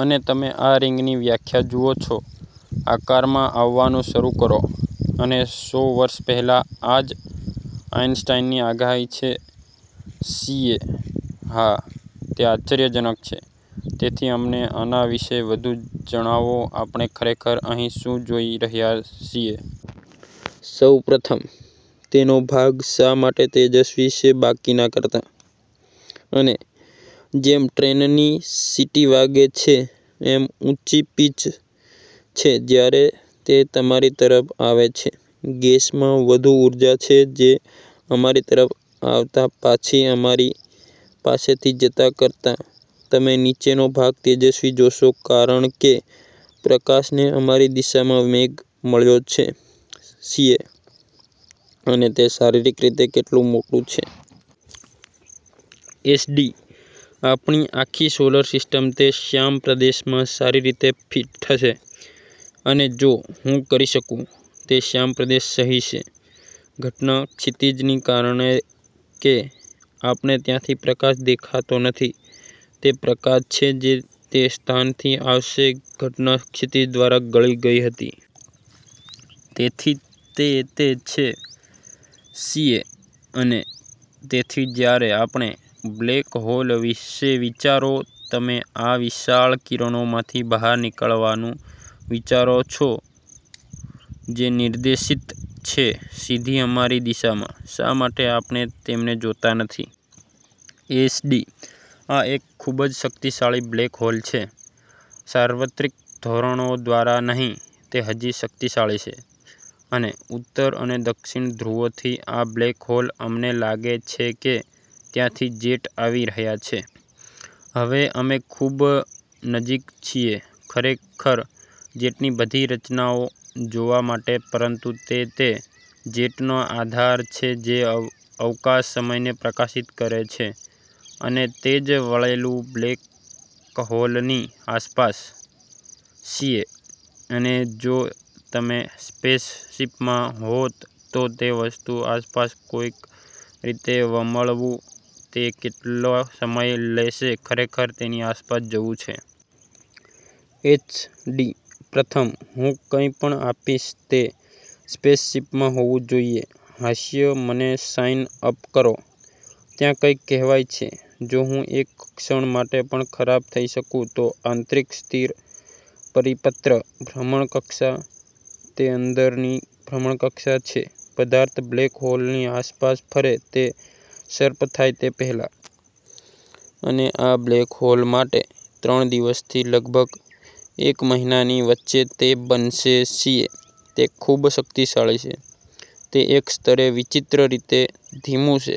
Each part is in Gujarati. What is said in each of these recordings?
અને તમે આ રિંગની વ્યાખ્યા જુઓ છો આકારમાં આવવાનું શરૂ કરો. અને સો વર્ષ પહેલાં આ જ આઈન્સ્ટાઈનની આગાહી છે સીએ: હા, તે આશ્ચર્યજનક છે। તેથી અમને આના વિશે વધુ જણાવો આપણે ખરેખર અહીં શું જોઈ રહ્યા છીએ. સૌ પ્રથમ, તેનો ભાગ શા માટે તેજસ્વી છે બાકીના કરતાં? અને જેમ ટ્રેન ની સીટી વાગે છે એમ ઉંચી પિચ છે જ્યારે તે તમારી તરફ આવે છે, ગેસમાં વધુ ઉર્જા છે જે અમારી તરફ આવતા પાછી અમારી પાસેથી જતા કરતાં તમે નીચેનો ભાગ તેજસ્વી જોશો કારણ કે પ્રકાશ ને અમારી દિશામાં વેગ મળ્યો છે સીએ: અને તે શારીરિક રીતે કેટલું મોટું છે? એસડી: આપણી આખી સોલર સિસ્ટમ તે શ્યામ પ્રદેશમાં સારી રીતે ફિટ થશે. અને જો હું કરી શકું, તે શ્યામ પ્રદેશ સહી છે ઘટના ક્ષિતિજની કારણ કે આપણે ત્યાંથી પ્રકાશ દેખાતો નથી, તે પ્રકાશ છે જે તે સ્થાનથી આવશે ઘટના ક્ષિતિજ દ્વારા ગળી ગઈ હતી. તેથી તે તે છે. સીએ: અને તેથી જ્યારે આપણે બ્લેક હોલ વિશે વિચારો, તમે આ વિશાળ કિરણો માંથી બહાર નીકળવા નું વિચારો છો જે નિર્દેશિત છે સીધી અમારી દિશામાં. શા માટે આપણે તેમને જોતા નથી? એસડી: આ એક ખૂબ જ શક્તિશાળી બ્લેક હોલ છે. સાર્વત્રિક ધોરણો દ્વારા નહીં, તે હજી શક્તિશાળી છે, અને ઉત્તર અને દક્ષિણ ધ્રુવોથી આ બ્લેક હોલ અમને લાગે છે કે ત્યાંથી જેટ આવી રહ્યા છે. હવે, અમે ખૂબ નજીક છીએ ખરેખર જેટની બધી રચનાઓ જોવા માટે, પરંતુ તે તે જેટનો આધાર છે જે અવકાશ-સમયને પ્રકાશિત કરે છે. અને તે જ વળેલું છે બ્લેક હોલ ની આસપાસ. સીએ: અને જો તમે સ્પેસશીપમાં હોત તો તે વસ્તુની આસપાસ કોઈક રીતે વમળવું, તે કેટલો સમય લેશે ખરેખર તેની આસપાસ જવું છે? એસડી: પ્રથમ, હું કંઇપણ આપીશ તે સ્પેસશીપમાં હોવુ જોઇએ હાસ્ય મને સાઇન અપ કરો. ત્યાં કંઈક કહેવાય છે જો હું એક ક્ષણ માટે પણ ખરાબ થઈ શકું તો આંતરિક સ્થિર પરિપત્ર ભ્રમણકક્ષા, તે અંદરની ભ્રમણકક્ષા છે પદાર્થ બ્લેક હોલની આસપાસ ફરે છે તે સર્પ થાય તે પહેલાં. અને આ બ્લેક હોલ માટે, ત્રણ દિવસથી લગભગ એક મહિનાની વચ્ચે તે બનશે સીએ: તે ખૂબ શક્તિશાળી છે, તે એક સ્તરે વિચિત્ર રીતે ધીમું છે.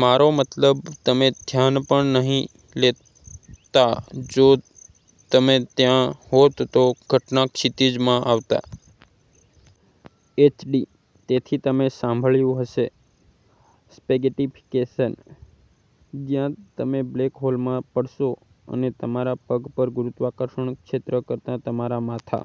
મારો મતલબ, તમે ધ્યાન પણ નહીં લેતા જો તમે ત્યાં હોત તો ઘટના ક્ષિતિજ માં આવતા. એસ. ડી.: તેથી તમે સાંભળ્યું હશે "સ્પેગેટિફિકેશન," જ્યાં તમે બ્લેક હોલમાં પડશો અને તમારા પગ પર ગુરુત્વાકર્ષણ ક્ષેત્ર કરતાં તમારા માથા